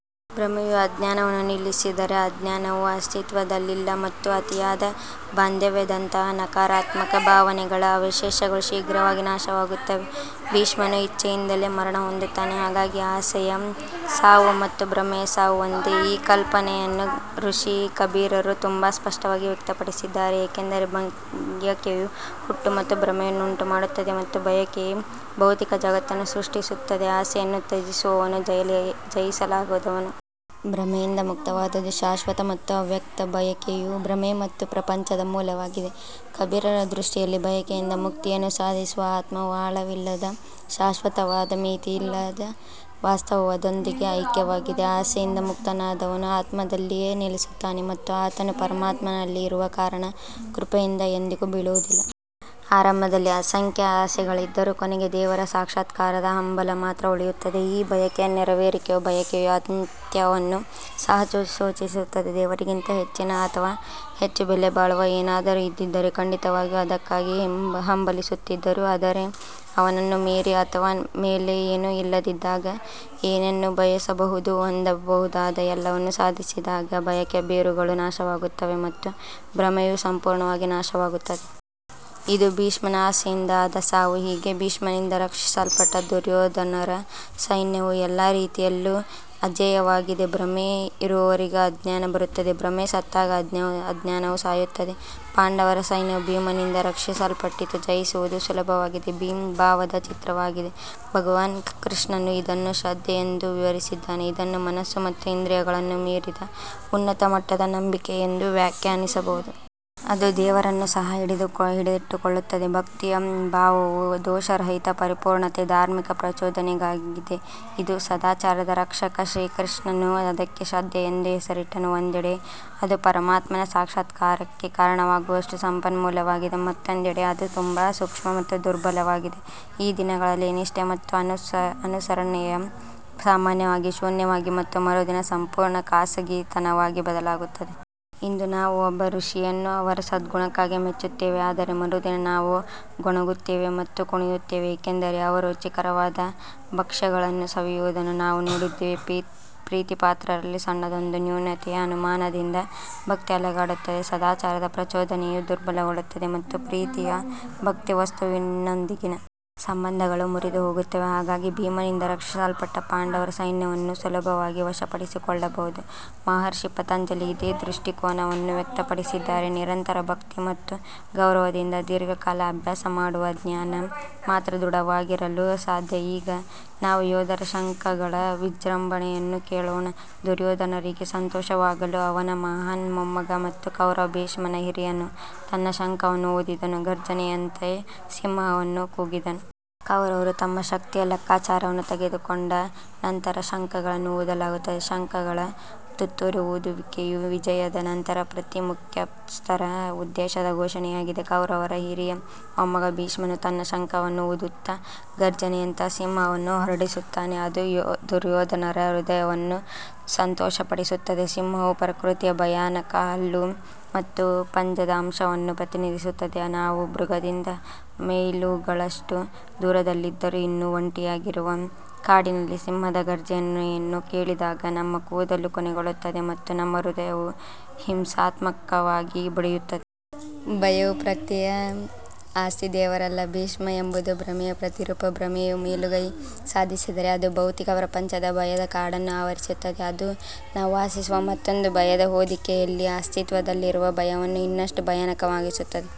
ಭ್ರಮೆಯು ಅಜ್ಞಾನವನ್ನು ನಿಲ್ಲಿಸಿದರೆ ಅಜ್ಞಾನವು ಅಸ್ತಿತ್ವದಲ್ಲಿಲ್ಲ ಮತ್ತು ಅತಿಯಾದ ಬಾಂಧವ್ಯದಂತಹ ನಕಾರಾತ್ಮಕ ಭಾವನೆಗಳ ಅವಶೇಷಗಳು ಶೀಘ್ರವಾಗಿ ನಾಶವಾಗುತ್ತವೆ ಭೀಷ್ಮನು ಇಚ್ಛೆಯಿಂದಲೇ ಮರಣ ಹೊಂದುತ್ತಾನೆ ಹಾಗಾಗಿ ಆಸೆಯ ಸಾವು ಮತ್ತು ಭ್ರಮೆಯ ಸಾವು ಒಂದೇ ಈ ಕಲ್ಪನೆಯನ್ನು ಋಷಿ ಕಬೀರರು ತುಂಬಾ ಸ್ಪಷ್ಟವಾಗಿ ವ್ಯಕ್ತಪಡಿಸಿದ್ದಾರೆ ಏಕೆಂದರೆ ಬಯಕೆಯು ಹುಟ್ಟು ಮತ್ತು ಭ್ರಮೆಯನ್ನು ಉಂಟುಮಾಡುತ್ತದೆ ಮತ್ತು ಬಯಕೆಯೇ ಭೌತಿಕ ಜಗತ್ತನ್ನು ಸೃಷ್ಟಿಸುತ್ತದೆ, ಆಸೆಯನ್ನು ತ್ಯಜಿಸುವವನು ಜಯಿಸಲಾಗದವನು. ಭ್ರಮೆಯಿಂದ ಮುಕ್ತವಾದದ್ದು ಶಾಶ್ವತ ಮತ್ತು ಅವ್ಯಕ್ತ ಬಯಕೆಯು ಭ್ರಮೆ ಮತ್ತು ಪ್ರಪಂಚದ ಮೂಲವಾಗಿದೆ ಕಬೀರರ ದೃಷ್ಟಿಯಲ್ಲಿ ಬಯಕೆಯಿಂದ ಮುಕ್ತಿಯನ್ನು ಸಾಧಿಸುವ ಆತ್ಮವು ಆಳವಿಲ್ಲದ ಶಾಶ್ವತವಾದ ಮಿತಿಯಿಲ್ಲದ ವಾಸ್ತವದೊಂದಿಗೆ ಐಕ್ಯವಾಗಿದೆ. ಆಸೆಯಿಂದ ಮುಕ್ತನಾದವನು ಆತ್ಮದಲ್ಲಿಯೇ ನೆಲೆಸುತ್ತಾನೆ ಮತ್ತು ಆತನು ಪರಮಾತ್ಮನಲ್ಲಿ ಇರುವ ಕಾರಣ ಕೃಪೆಯಿಂದ ಎಂದಿಗೂ ಬೀಳುವುದಿಲ್ಲ. ಆರಂಭದಲ್ಲಿ ಅಸಂಖ್ಯ ಆಸೆಗಳಿದ್ದರೂ ಕೊನೆಗೆ ದೇವರ ಸಾಕ್ಷಾತ್ಕಾರದ ಹಂಬಲ ಮಾತ್ರ ಉಳಿಯುತ್ತದೆ. ಈ ಬಯಕೆಯ ನೆರವೇರಿಕೆಯು ಬಯಕೆಯ ಅಂತ್ಯವನ್ನು ಸಹ ಸೂಚಿಸುತ್ತದೆ ದೇವರಿಗಿಂತ ಹೆಚ್ಚಿನ ಅಥವಾ ಹೆಚ್ಚು ಬೆಲೆಬಾಳುವ ಏನಾದರೂ ಇದ್ದಿದ್ದರೆ ಖಂಡಿತವಾಗಿಯೂ ಅದಕ್ಕಾಗಿ ಹಂಬಲಿಸುತ್ತಿದ್ದರು ಆದರೆ ಅವನನ್ನು ಮೀರಿ ಅಥವಾ ಮೇಲೆ ಏನೂ ಇಲ್ಲದಿದ್ದಾಗ ಇನ್ನೇನು ಬಯಸಬಹುದು ಹೊಂದಬಹುದಾದ ಎಲ್ಲವನ್ನೂ ಸಾಧಿಸಿದಾಗ ಬಯಕೆಯ ಬೇರುಗಳು ನಾಶವಾಗುತ್ತವೆ ಮತ್ತು ಭ್ರಮೆಯು ಸಂಪೂರ್ಣವಾಗಿ ನಾಶವಾಗುತ್ತದೆ. ಇದು ಭೀಷ್ಮನ ಆಸೆಯಿಂದ ಆದ ಸಾವು ಹೀಗೆ ಭೀಷ್ಮನಿಂದ ರಕ್ಷಿಸಲ್ಪಟ್ಟ ದುರ್ಯೋಧನರ ಸೈನ್ಯವು ಎಲ್ಲ ರೀತಿಯಲ್ಲೂ ಅಜೇಯವಾಗಿದೆ ಭ್ರಮೆ ಇರುವವರೆಗೆ ಅಜ್ಞಾನ ಇರುತ್ತದೆ ಭ್ರಮೆ ಸತ್ತಾಗ ಅಜ್ಞಾನವೂ ಸಾಯುತ್ತದೆ ಪಾಂಡವರ ಸೈನ್ಯವು ಭೀಮನಿಂದ ರಕ್ಷಿಸಲ್ಪಟ್ಟಿತು, ಜಯಿಸುವುದು ಸುಲಭವಾಗಿದೆ ಭೀಮ್ ಭಾವದ ಚಿತ್ರವಾಗಿದೆ ಭಗವಾನ್ ಕೃಷ್ಣನು ಇದನ್ನು ಶ್ರದ್ಧೆ ಎಂದು ವಿವರಿಸಿದ್ದಾನೆ, ಇದನ್ನು ಮನಸ್ಸು ಮತ್ತು ಇಂದ್ರಿಯಗಳನ್ನು ಮೀರಿದ ಉನ್ನತ ಮಟ್ಟದ ನಂಬಿಕೆ ಎಂದು ವ್ಯಾಖ್ಯಾನಿಸಬಹುದು. ಅದು ದೇವರನ್ನೂ ಸಹ ಹಿಡಿದಿಟ್ಟುಕೊಳ್ಳುತ್ತದೆ ಭಕ್ತಿಯ ಭಾವವು ದೋಷರಹಿತ ಪರಿಪೂರ್ಣತೆಯ ಧಾರ್ಮಿಕ ಪ್ರಚೋದನೆಯಾಗಿದೆ ಇದು ಸದಾಚಾರದ ರಕ್ಷಕ ಶ್ರೀಕೃಷ್ಣನು ಅದಕ್ಕೆ ಶ್ರದ್ಧೆ ಎಂದು ಹೆಸರಿಟ್ಟನು ಒಂದೆಡೆ ಅದು ಪರಮಾತ್ಮನ ಸಾಕ್ಷಾತ್ಕಾರಕ್ಕೆ ಕಾರಣವಾಗುವಷ್ಟು ಸಂಪನ್ಮೂಲವಾಗಿದೆ, ಮತ್ತೊಂದೆಡೆ ಅದು ತುಂಬಾ ಸೂಕ್ಷ್ಮ ಮತ್ತು ದುರ್ಬಲವಾಗಿದೆ, ಈ ದಿನಗಳಲ್ಲಿ ನಿಷ್ಠೆ ಮತ್ತು ಅನುಸರಣೆಯು ಸಾಮಾನ್ಯವಾಗಿ ಶೂನ್ಯವಾಗಿ ಮತ್ತು ಮರುದಿನ ಸಂಪೂರ್ಣ ಖಾಸಗಿತನವಾಗಿ ಬದಲಾಗುತ್ತದೆ. ಇಂದು ನಾವು ಒಬ್ಬ ಋಷಿಯನ್ನು ಅವರ ಸದ್ಗುಣಕ್ಕಾಗಿ ಮೆಚ್ಚುತ್ತೇವೆ ಆದರೆ ಮರುದಿನ ನಾವು ಗೊಣಗುತ್ತೇವೆ ಮತ್ತು ಕುಣಿಯುತ್ತೇವೆ ಏಕೆಂದರೆ ಅವರು ರುಚಿಕರವಾದ ಭಕ್ಷ್ಯಗಳನ್ನು ಸವಿಯುವುದನ್ನು ನಾವು ನೋಡಿದ್ದೇವೆ. ಪ್ರೀತಿಪಾತ್ರರಲ್ಲಿ ಸಣ್ಣದೊಂದು ನ್ಯೂನತೆಯ ಅನುಮಾನದಿಂದ ಭಕ್ತಿ ಅಲುಗಾಡುತ್ತದೆ ಸದಾಚಾರದ ಪ್ರಚೋದನೆಯು ದುರ್ಬಲಗೊಳ್ಳುತ್ತದೆ ಮತ್ತು ಪ್ರೀತಿಯ ಭಕ್ತಿಯ ವಸ್ತುವಿನೊಂದಿಗಿನ ಸಂಬಂಧಗಳು ಮುರಿದುಹೋಗುತ್ತವೆ ಹಾಗಾಗಿ ಭೀಮನಿಂದ ರಕ್ಷಿಸಲ್ಪಟ್ಟ ಪಾಂಡವರ ಸೈನ್ಯವನ್ನು ಸುಲಭವಾಗಿ ವಶಪಡಿಸಿಕೊಳ್ಳಬಹುದು ಮಹರ್ಷಿ ಪತಂಜಲಿ ಇದೇ ದೃಷ್ಟಿಕೋನವನ್ನು ವ್ಯಕ್ತಪಡಿಸಿದ್ದಾರೆ ನಿರಂತರ ಭಕ್ತಿ ಮತ್ತು ಗೌರವದಿಂದ ದೀರ್ಘಕಾಲ ಅಭ್ಯಾಸ ಮಾಡುವ ಧ್ಯಾನ ಮಾತ್ರ ದೃಢವಾಗಿರಲು ಸಾಧ್ಯ ಈಗ ನಾವು ಯೋಧರ ಶಂಖಗಳ ವಿಜೃಂಭಣೆಯನ್ನು ಕೇಳೋಣ ದುರ್ಯೋಧನರಿಗೆ ಸಂತೋಷವಾಗಲು ಅವನ ಮಹಾನ್ ಮೊಮ್ಮಗ ಮತ್ತು ಕೌರವ ಭೀಷ್ಮನ ಹಿರಿಯನು ತನ್ನ ಶಂಖವನ್ನು ಊದಿದನು, ಘರ್ಜನೆಯಂತೆ ಸಿಂಹವನ್ನು ಕೂಗಿದನು. ಕೌರವರು ತಮ್ಮ ಶಕ್ತಿಯ ಲೆಕ್ಕಾಚಾರವನ್ನು ತೆಗೆದುಕೊಂಡ ನಂತರ ಶಂಖಗಳನ್ನು ಊದಲಾಗುತ್ತದೆ ಶಂಖಗಳ ತುತ್ತೂರಿ ಊದುವಿಕೆಯು ವಿಜಯದ ನಂತರ ಪ್ರತಿ ಮುಖ್ಯಸ್ಥರ ಉದ್ದೇಶದ ಘೋಷಣೆಯಾಗಿದೆ. ಕೌರವರ ಹಿರಿಯ ಮೊಮ್ಮಗ ಭೀಷ್ಮನು ತನ್ನ ಶಂಖವನ್ನು ಊದುತ್ತಾ ಘರ್ಜನೆಯಂತಹ ಸಿಂಹವನ್ನು ಹೊರಡಿಸುತ್ತಾನೆ, ಅದು ದುರ್ಯೋಧನರ ಹೃದಯವನ್ನು ಸಂತೋಷಪಡಿಸುತ್ತದೆ. ಸಿಂಹವು ಪ್ರಕೃತಿಯ ಭಯಾನಕ ಹಲ್ಲು ಮತ್ತು ಪಂಜದ ಅಂಶವನ್ನು ಪ್ರತಿನಿಧಿಸುತ್ತದೆ ನಾವು ಮೃಗದಿಂದ ಮೈಲುಗಳಷ್ಟು ದೂರದಲ್ಲಿದ್ದರೂ ಇನ್ನೂ ಒಂಟಿಯಾಗಿರುವ ಕಾಡಿನಲ್ಲಿ ಸಿಂಹದ ಘರ್ಜನೆಯನ್ನು ಕೇಳಿದಾಗ ನಮ್ಮ ಕೂದಲು ಕೊನೆಗೊಳ್ಳುತ್ತದೆ ಮತ್ತು ನಮ್ಮ ಹೃದಯವು ಹಿಂಸಾತ್ಮಕವಾಗಿ ಬಡಿಯುತ್ತದೆ. ಭಯವು ಪ್ರಕೃತಿಯ ಆಸ್ತಿ ದೇವರಲ್ಲ ಭೀಷ್ಮ ಎಂಬುದು ಭ್ರಮೆಯ ಪ್ರತಿರೂಪ ಭ್ರಮೆಯು ಮೇಲುಗೈ ಸಾಧಿಸಿದರೆ ಅದು ಭೌತಿಕ ಪ್ರಪಂಚದ ಭಯದ ಕಾಡನ್ನು ಆವರಿಸುತ್ತದೆ, ಅದು ನಾವು ವಾಸಿಸುವ ಮತ್ತೊಂದು ಭಯದ ಹೊದಿಕೆಯಲ್ಲಿ ಅಸ್ತಿತ್ವದಲ್ಲಿರುವ ಭಯವನ್ನು ಇನ್ನಷ್ಟು ಭಯಾನಕವಾಗಿಸುತ್ತದೆ.